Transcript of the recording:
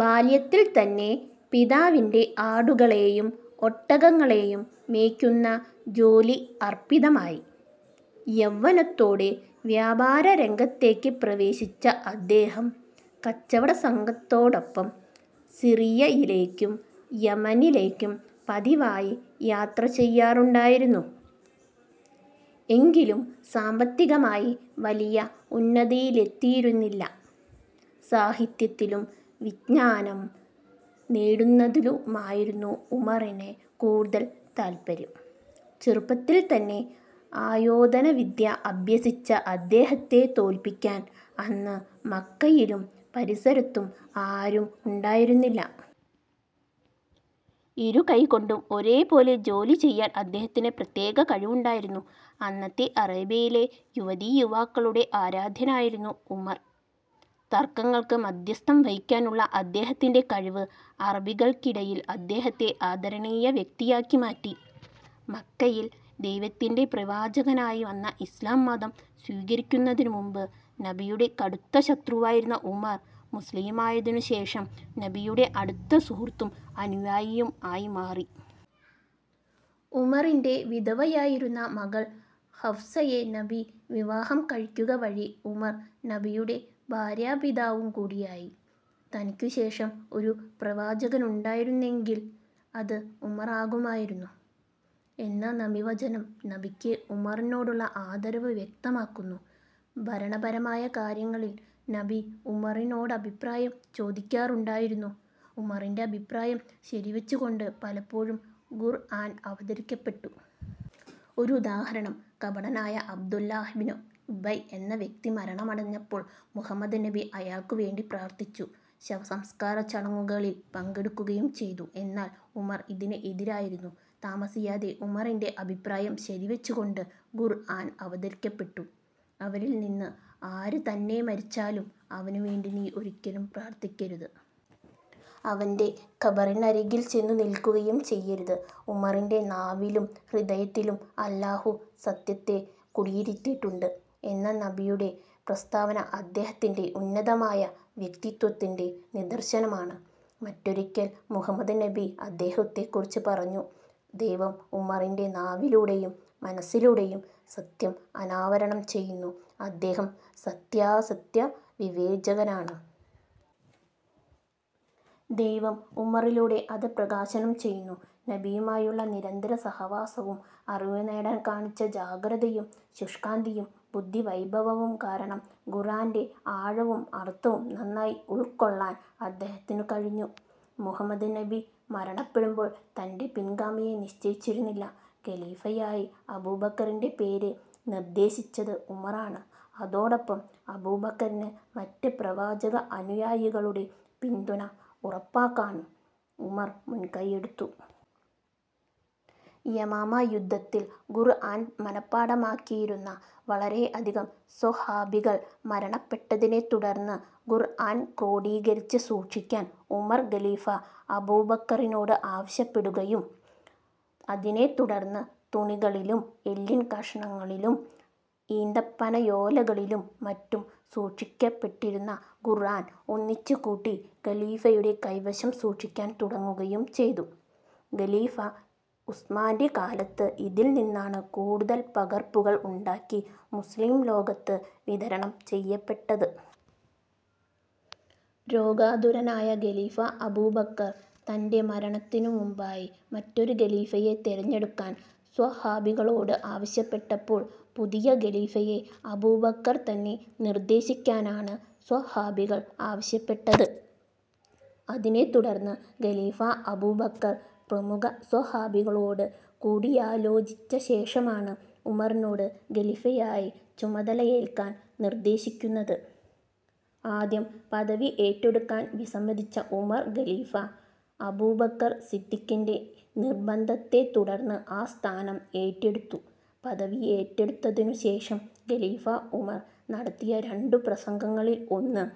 ബാല്യത്തിൽ തന്നെ പിതാവിന്റെ ആടുകളെയും ഒട്ടകങ്ങളെയും മേക്കുന്ന ജോലി അർപ്പിതമായി. യൗവനത്തോടെ വ്യാപാര രംഗത്തേക്ക് പ്രവേശിച്ച അദ്ദേഹം കച്ചവടസംഘത്തോടൊപ്പം സിറിയയിലേക്കും, യമനിലേക്കും പതിവായി യാത്ര ചെയ്യാറുണ്ടായിരുന്നു. എങ്കിലും സാമ്പത്തികമായി വലിയ ഉന്നതിയിലെത്തിയിരുന്നില്ല. സാഹിത്യത്തിലും, വിജ്ഞാനം നേടുന്നതിലുമായിരുന്നു ഉമറിന് കൂടുതൽ താല്പര്യം. ചെറുപ്പത്തിൽ തന്നെ ആയോധനവിദ്യ അഭ്യസിച്ച അദ്ദേഹത്തെ തോൽപ്പിക്കാൻ അന്ന് മക്കയിലും പരിസരത്തും ആരും ഉണ്ടായിരുന്നില്ല. ഇരു കൈകൊണ്ടും ഒരേ പോലെ ജോലി ചെയ്യാൻ അദ്ദേഹത്തിന് പ്രത്യേക കഴിവുണ്ടായിരുന്നു. അന്നത്തെ അറേബ്യയിലെ യുവതീ-യുവാക്കളുടെ ആരാധ്യനായിരുന്നു ഉമർ. തർക്കങ്ങൾക്ക് മാധ്യസഥം വഹിക്കാനുള്ള അദ്ദേഹത്തിന്റെ കഴിവ് അറബികൾക്കിടയിൽ അദ്ദേഹത്തെ ആദരണീയ വ്യക്തിയാക്കി മാറ്റി. മക്കയിൽ ദൈവത്തിന്റെ പ്രവാചകനായി വന്ന ഇസ്ലാം മതം സ്വീകരിക്കുന്നതിനു മുമ്പ് നബിയുടെ കടുത്ത ശത്രുവായിരുന്ന ഉമർ, മുസ്ലിമായതിനു ശേഷം നബിയുടെ അടുത്ത സുഹൃത്തും അനുയായിയും ആയി മാറി. ഉമറിന്റെ വിധവയായിരുന്ന മകൾ ഹഫ്സയെ നബി വിവാഹം കഴിക്കുക വഴി ഉമർ നബിയുടെ ഭാര്യാപിതാവു കൂടിയായി. "തനിക്കു ശേഷം ഒരു പ്രവാചകനുണ്ടായിരുന്നെങ്കിൽ അത് ഉമറാകുമായിരുന്നു" എന്ന നബിവചനം നബിക്ക് ഉമറിനോടുള്ള ആദരവ് വ്യക്തമാക്കുന്നു. ഭരണപരമായ കാര്യങ്ങളിൽ നബി ഉമറിനോടഭിപ്രായം ചോദിക്കാറുണ്ടായിരുന്നു. ഉമറിന്റെ അഭിപ്രായം ശരിവെച്ചുകൊണ്ട് പലപ്പോഴും ഖുർആൻ അവതരിക്കപ്പെട്ടു. ഒരുദാഹരണം, കപടനായ അബ്ദുല്ലാഹിബ്നു ഉബയ്യ് എന്ന വ്യക്തി മരണമടഞ്ഞപ്പോൾ മുഹമ്മദ് നബി അയാൾക്കു വേണ്ടി പ്രാർത്ഥിച്ചു. ശവസംസ്കാരചടങ്ങുകളിൽ പങ്കെടുക്കുകയും ചെയ്തു. എന്നാൽ ഉമർ ഇതിന് എതിരായിരുന്നു. താമസിയാതെ ഉമറിന്റെ അഭിപ്രായം ശരിവെച്ചുകൊണ്ട് ഖുർആൻ അവതരിക്കപ്പെട്ടു. അവരിൽ നിന്ന് ആർ തന്നെ മരിച്ചാലും അവനു വേണ്ടി നീ ഒരിക്കലും പ്രാർത്ഥിക്കരുത്. അവന്റെ ഖബറിന്നരികിൽ ചെന്നു നിൽക്കുകയും ചെയ്യരുത്. "ഉമറിന്റെ നാവിലും ഹൃദയത്തിലും അല്ലാഹു സത്യത്തെ കുടിയിരുത്തിയിട്ടുണ്ട്" എന്ന നബിയുടെ പ്രസ്താവന അദ്ദേഹത്തിന്റെ ഉന്നതമായ വ്യക്തിത്വത്തിന്റെ നിദർശനമാണ്. മറ്റൊരിക്കൽ മുഹമ്മദ് നബി അദ്ദേഹത്തെക്കുറിച്ച് പറഞ്ഞു: "ദൈവം ഉമറിന്റെ നാവിലൂടെയും മനസ്സിലൂടെയും സത്യം അനാവരണം ചെയ്യുന്നു, അദ്ദേഹം സത്യാസത്യ വിവേചകനാണ്. ദൈവം ഉമറിലൂടെ അത് പ്രകാശനം ചെയ്യുന്നു". നബിയുമായുള്ള നിരന്തരസഹവാസവും അറിവുനേടാൻ കാണിച്ച ജാഗ്രതയും ശുഷ്കാന്തിയും ബുദ്ധിവൈഭവവും കാരണം ഖുർആന്റെ ആഴവും അർഥവും നന്നായി ഉൾക്കൊള്ളാൻ അദ്ദേഹത്തിനു കഴിഞ്ഞു. മുഹമ്മദ് നബി മരണപ്പെടുമ്പോൾ തന്റെ പിൻഗാമിയെ നിശ്ചയിച്ചിരുന്നില്ല. ഖലീഫയായി അബൂബക്കറിന്റെ പേര് നിർദ്ദേശിച്ചത് ഉമറാണ്. അതോടൊപ്പം അബൂബക്കറിന് മറ്റ് പ്രവാചക അനുയായികളുടെ പിന്തുണ ഉറപ്പാക്കാനും ഉമർ മുൻകൈയെടുത്തു. യമാമ യുദ്ധത്തിൽ ഖുർആൻ മനപാഠമാക്കിയിരുന്ന വളരെയധികം സ്വഹാബികൾ മരണപ്പെട്ടതിനെത്തുടർന്ന് ഖുർആൻ ക്രോഡീകരിച്ച് സൂക്ഷിക്കാൻ ഉമർ ഖലീഫ അബൂബക്കറിനോട് ആവശ്യപ്പെടുകയും അതിനെത്തുടർന്ന് തുണികളിലും, എല്ലിൻ കഷണങ്ങളിലും, ഈന്തപ്പനയോലകളിലും മറ്റും സൂക്ഷിക്കപ്പെട്ടിരുന്ന ഖുർആൻ ഒന്നിച്ചുകൂട്ടി ഖലീഫയുടെ കൈവശം സൂക്ഷിക്കാൻ തുടങ്ങുകയും ചെയ്തു. ഖലീഫ ഉസ്മാന്റെ കാലത്ത് ഇതിൽ നിന്നാണ് കൂടുതൽ പകർപ്പുകൾ ഉണ്ടാക്കി മുസ്ലിം ലോകത്ത് വിതരണം ചെയ്യപ്പെട്ടത്. രോഗാതുരനായ ഖലീഫാ അബൂബക്കർ തന്റെ മരണത്തിനു മുൻപായി മറ്റൊരു ഖലീഫയെ തെരഞ്ഞെടുക്കാൻ സ്വഹാബികളോട് ആവശ്യപ്പെട്ടപ്പോൾ പുതിയ ഖലീഫയെ അബൂബക്കർ തന്നെ നിർദ്ദേശിക്കാനാണ് സ്വഹാബികൾ ആവശ്യപ്പെട്ടത്. അതിനെത്തുടർന്ന് ഖലീഫാ അബൂബക്കർ പ്രമുഖ സ്വഹാബികളോട് കൂടിയാലോചിച്ച ശേഷമാണ് ഉമറിനോട് ഖലീഫയായി ചുമതലയേൽക്കാൻ നിർദ്ദേശിക്കുന്നത്. ആദ്യം പദവി ഏറ്റെടുക്കാൻ വിസമ്മതിച്ച ഉമർ ഖലീഫ അബൂബക്കർ സിദ്ദീഖിന്റെ നിർബന്ധത്തെത്തുടർന്ന് ആ സ്ഥാനം ഏറ്റെടുത്തു. പദവിയേറ്റെടുത്തതിനു ശേഷം ഖലീഫാ ഉമർ നടത്തിയ രണ്ടു പ്രസംഗങ്ങളിൽ ഒന്ന്